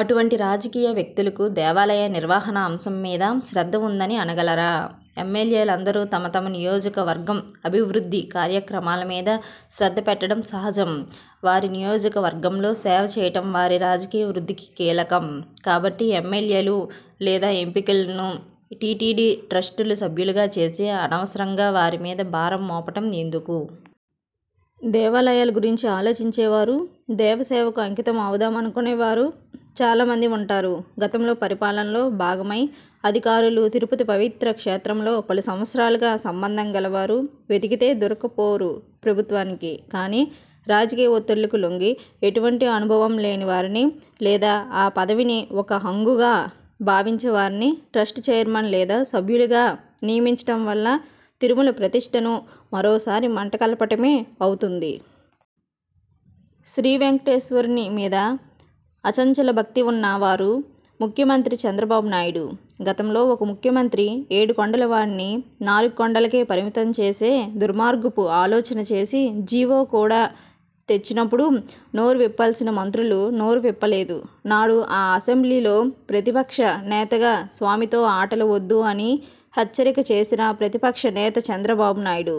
అటువంటి రాజకీయ వ్యక్తులకు దేవాలయ నిర్వహణ అంశం మీద శ్రద్ధ వుందని అనగలరా! ఎమ్మెల్యేలందరూ తమ తమ నియోజకవర్గ అభివృద్ధి కార్యక్రమాల మీద శ్రద్ధ పెట్టటం సహజం. వారి నియోజకవర్గంలో సేవ చేయటం వారి రాజకీయ వృద్ధికి కీలకం. కాబట్టి ఎమ్మెల్యేలు లేదా ఎంపీలను టీటీడీ ట్రస్టులో సభ్యులుగా చేసి అనవసరంగా వారిమీద భారం మోపటం ఎందుకు! దేవాలయాల గురించి ఆలోచించే వారు, దేవ సేవకు అంకితం అవుదామనుకునే వారు చాలామంది వుంటారు. గతంలో పరిపాలనలో భాగమైన అధికారులు, తిరుపతి పవిత్ర క్షేత్రంలో పలు సంవత్సరాలుగా సంబంధం గలవారు వెతికితే దొరక్కపోరు ప్రభుత్వానికి. కానీ రాజకీయ ఒత్తిడులకు లొంగి ఎటువంటి అనుభవం లేని వారిని లేదా ఆ పదవిని ఒక హంగుగా భావించేవారిని ట్రస్ట్ చైర్మన్ లేదా సభ్యులుగా నియమించటం వల్ల తిరుమల ప్రతిష్ఠను మరోసారి మంట కలపటమే అవుతుంది. శ్రీ వేంకటేశ్వరుని మీద అచంచల భక్తి వున్న వారు ముఖ్యమంత్రి చంద్రబాబు నాయుడు. గతంలో ఒక ముఖ్యమంత్రి ఏడుకొండల వాడిని నాలుగు కొండలకే పరిమితం చేసే దుర్మార్గపు ఆలోచన చేసి, జీవో కూడా తెచ్చినపుడు నోరు విప్పాల్సిన మంత్రులు నోరు విప్పలేదు. నాడు ఆ అసెంబ్లీలో ప్రతిపక్ష నేతగా 'స్వామితో ఆటలు వొద్దు' అని హెచ్చరిక చేసిన ప్రతిపక్ష నేత చంద్రబాబు నాయుడు.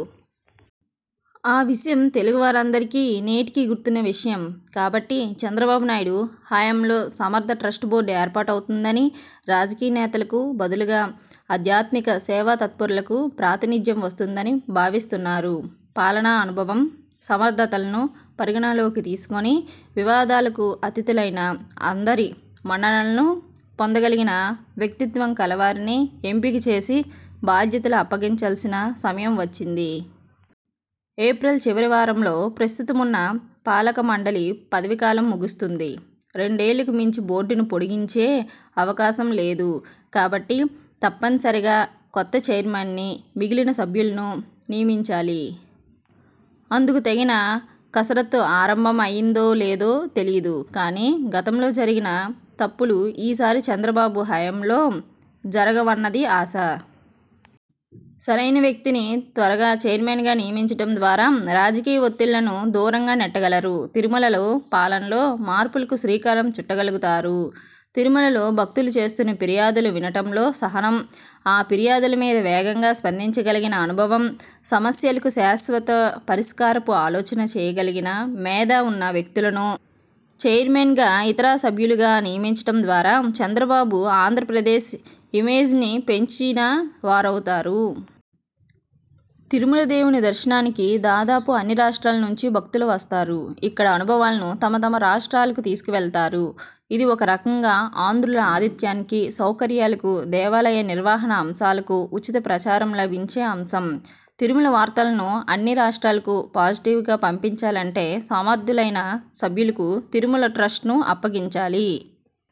ఆ విషయం తెలుగు వారందరికీ నేటికీ గుర్తున్న విషయం. కాబట్టి చంద్రబాబు నాయుడు హయాంలో సమర్థ ట్రస్ట్ బోర్డు ఏర్పాటవుతుందని, రాజకీయ నేతలకు బదులుగా ఆధ్యాత్మిక, సేవాతత్పరులకు ప్రాతినిధ్యం వస్తుందని భావిస్తున్నారు. పాలనా అనుభవం, సమర్థతలను పరిగణనలోకి తీసుకుని, వివాదాలకు అతీతులైన, అందరి మన్ననలను పొందగలిగిన వ్యక్తిత్వం కలవారిని ఎంపిక చేసి బాధ్యతలు అప్పగించాల్సిన సమయం వచ్చింది. ఏప్రిల్ చివరి వారంలో ప్రస్తుతమున్న పాలకమండలి పదవీకాలం ముగుస్తుంది. రెండేళ్ళకు మించి బోర్డును పొడిగించే అవకాశం లేదు. కాబట్టి తప్పనిసరిగా కొత్త చైర్మన్ని, మిగిలిన సభ్యులను నియమించాలి. అందుకు తగిన కసరత్తు ఆరంభం అయిందో లేదో తెలియదు. కానీ గతంలో జరిగిన తప్పులు ఈసారి చంద్రబాబు హయాంలో జరగవన్నది ఆశ. సరైన వ్యక్తిని త్వరగా చైర్మన్గా నియమించటం ద్వారా రాజకీయ ఒత్తిడులను దూరంగా నెట్టగలరు. తిరుమలలో పాలనలో మార్పులకు శ్రీకారం చుట్టగలుగుతారు. తిరుమలలో భక్తులు చేస్తున్న ఫిర్యాదులు వినటంలో సహనం, ఆ ఫిర్యాదుల మీద వేగంగా స్పందించగలిగిన అనుభవం, సమస్యలకు శాశ్వత పరిష్కారపు ఆలోచనలు చేయగలిగిన మేధ వున్న వ్యక్తులను, చైర్మన్గా, ఇతర సభ్యులుగా నియమించటం ద్వారా చంద్రబాబు ఆంధ్రప్రదేశ్ ఇమేజ్ని పెంచిన వారవుతారు. తిరుమల దేవుని దర్శనానికి దాదాపు అన్ని రాష్ట్రాల నుంచి భక్తులు వస్తారు. ఇక్కడి అనుభవాలను తమ తమ రాష్ర్టాలకు తీసుకువెళతారు. ఇది ఒకరకంగా ఆంధ్రుల ఆతిధ్యానికి, సౌకర్యాలకు, దేవాలయ నిర్వహణ అంశాలకు, ఉచిత ప్రచారం లభించే అంశం. తిరుమల వార్తలను అన్ని రాష్ట్రాలకు పాజిటివ్గా పంపించాలంటే సమర్ధులైన సభ్యులకు తిరుమల ట్రస్ట్ను అప్పగించాలి.